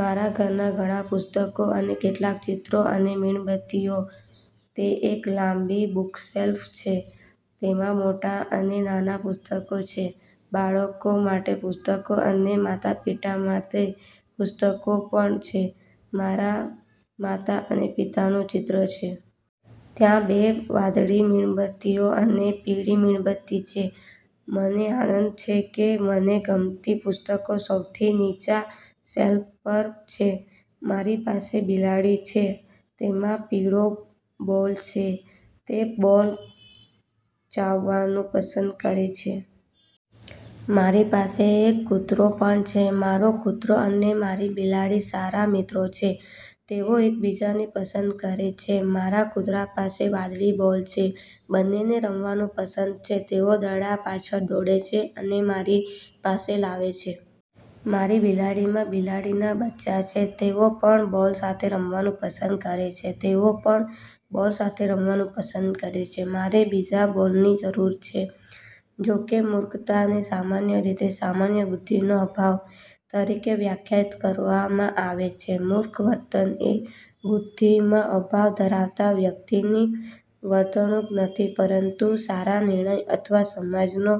મારા ઘરના ઘણા પુસ્તકો અને કેટલાક ચિત્રો અને મીણબત્તીઓ. તે એક લાંબી બુકશેલ્ફ છે. તેમાં મોટા અને નાના પુસ્તકો છે. બાળકો માટે પુસ્તકો અને માતાપિતા માટે પુસ્તકો પણ છે. મારા માતા અને પિતાનું ચિત્ર છે. ત્યાં બે વાદળી મીણબત્તીઓ અને પીળી મીણબત્તી છે. મને આનંદ છે કે મને ગમતી પુસ્તકો સૌથી નીચા શેલ્ફ પર છે. મારી પાસે બિલાડી છે. તેમાં પીળો બોલ છે. તે બોલ ચાવવાનું પસંદ કરે છે. મારી પાસે એક કૂતરો પણ છે. મારો કૂતરો અને મારી બિલાડી સારા મિત્રો છે. તેઓ એકબીજાને પસંદ કરે છે. મારા કૂતરા પાસે વાદળી બોલ છે. બંનેને રમવાનું પસંદ છે. તેઓ દડા પાછળ દોડે છે અને મારી પાસે લાવે છે. મારી બિલાડીમાં બિલાડીના બચ્ચાં છે. તેઓ પણ બોલ સાથે રમવાનું પસંદ કરે છે. તેઓ પણ બોલ સાથે રમવાનું પસંદ કરે છે. મારે બીજા બોલની જરૂર છે. જોકે મૂર્ખતાને સામાન્ય રીતે 'સામાન્ય બુદ્ધિનો અભાવ' તરીકે વ્યાખ્યાયિત કરવામાં આવે છે, મૂર્ખ વર્તન એ બુદ્ધિમાં અભાવ ધરાવતા વ્યક્તિની વર્તણૂક નથી, પરંતુ સારા નિર્ણય અથવા સમજનો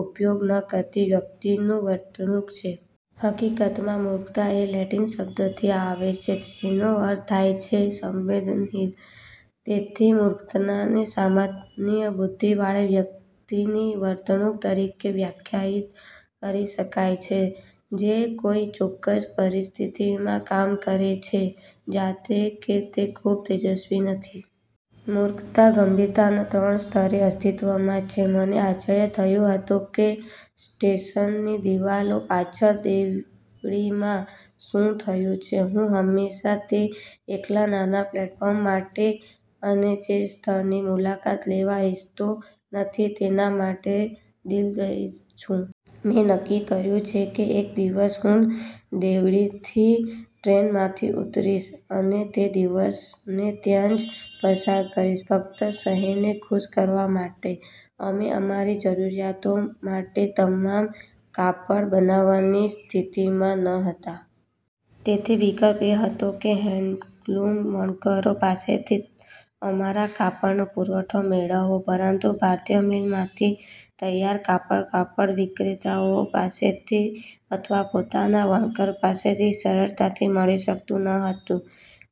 ઉપયોગ ન કરતી વ્યક્તિની વર્તણૂક છે. હકીકતમાં, મૂર્ખતા એ લેટિન શબ્દથી આવે છે જેનો અર્થ થાય છે 'સંવેદનહીન'. તેથી, મૂર્ખતાને સામાન્ય બુદ્ધિવાળા વ્યક્તિની વર્તણૂક તરીકે વ્યાખ્યાયિત કરી શકાય છે જે કોઈ ચોક્કસ પરિસ્થિતિમાં કામ કરે છે જાણે કે તે ખૂબ તેજસ્વી નથી. મૂર્ખતા ગંભીરતાના ત્રણ સ્તરે અસ્તિત્વમાં છે. મને આશ્ચર્ય થતું હતું કે સ્ટેશનની દિવાલો પાછળ દેવળીમાં શું થયું છે. હું હંમેશાં તે એકલા નાના પ્લેટફોર્મ માટે, અને જે સ્થળની મુલાકાત લેવા ઇચ્છતો નથી તેના માટે દિલગીર છું. મેં નક્કી કર્યું છે કે એક દિવસ હું દેવળીથી ટ્રેનમાંથી ઉતરીશ, અને તે દિવસને ત્યાં જ પસાર કરીશ, ફક્ત શહેરને ખુશ કરવા માટે. અમે અમારી જરૂરિયાતો માટે તમામ કાપડ બનાવવાની સ્થિતિમાં ન હતા. તેથી વિકલ્પ એ હતો કે હેન્ડલૂમ વણકરો પાસેથી અમારા કાપડનો પુરવઠો મેળવવો. પરંતુ ભારતીય મિલમાંથી તૈયાર કાપડ કાપડ વિક્રેતાઓ પાસેથી અથવા પોતાને વણકર પાસેથી સરળતાથી મળી શકતું ન હતું.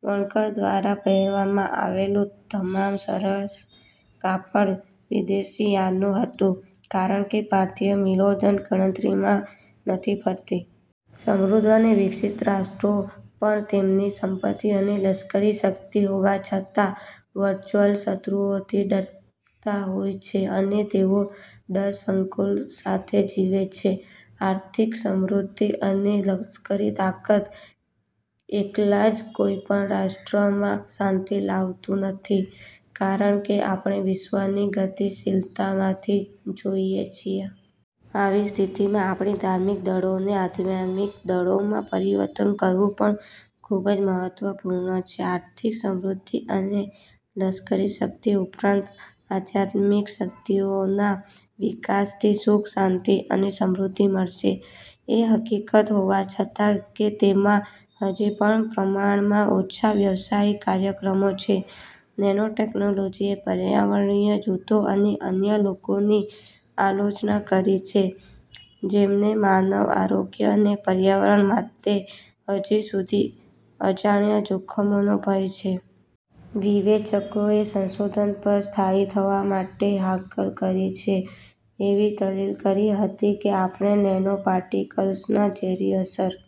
વણકર દ્વારા પહેરવામાં આવેલું તમામ સરસ કાપડ વિદેશી યાર્નનું હતું, કારણ કે ભારતીય મિલો દંડ ગણતરીમાં નથી ફરતી. સમૃદ્ધ અને વિકસિત રાષ્ટ્રો પણ, તેમની સંપત્તિ અને લશ્કરી શક્તિ હોવા છતાં, વર્ચુઅલ શત્રુઓથી ડરતા હોય છે અને તેઓ ડર સંકુલ સાથે જીવે છે. આર્થિક સમૃદ્ધિ અને લશ્કરી તાકાત, એકલા જ કોઈપણ રાષ્ટ્રમાં શાંતિ લાવતું નથી, કારણ કે આપણે વિશ્વની ગતિશીલતામાંથી જોઈએ છીએ. આવી સ્થિતિમાં આપણી ધાર્મિક દળોને આધ્યાત્મિક દળોમાં પરિવર્તન કરવું પણ ખૂબ જ મહત્વપૂર્ણ છે. આર્થિક સમૃદ્ધિ અને લશ્કરી શક્તિ ઉપરાંત આધ્યાત્મિક શક્તિઓના વિકાસથી સુખ, શાંતિ અને સમૃદ્ધિ મળશે. એ હકીકત હોવા છતાં કે તેમાં હજી પણ પ્રમાણમાં ઓછા વ્યવસાયિક કાર્યક્રમો છે, નેનો ટેકનોલોજીએ પર્યાવરણીય જૂથો અને અન્ય લોકોની આલોચના કરી છે જેમને માનવ આરોગ્ય અને પર્યાવરણ માટે હજી સુધી અજાણ્યા જોખમોનો ભય છે. વિવેચકોએ સંશોધન પર સ્થાયી થવા માટે હાકલ કરી છે, એવી દલીલ કરી હતી કે આપણે નેનોપાર્ટિકલ્સના ઝેરી અસર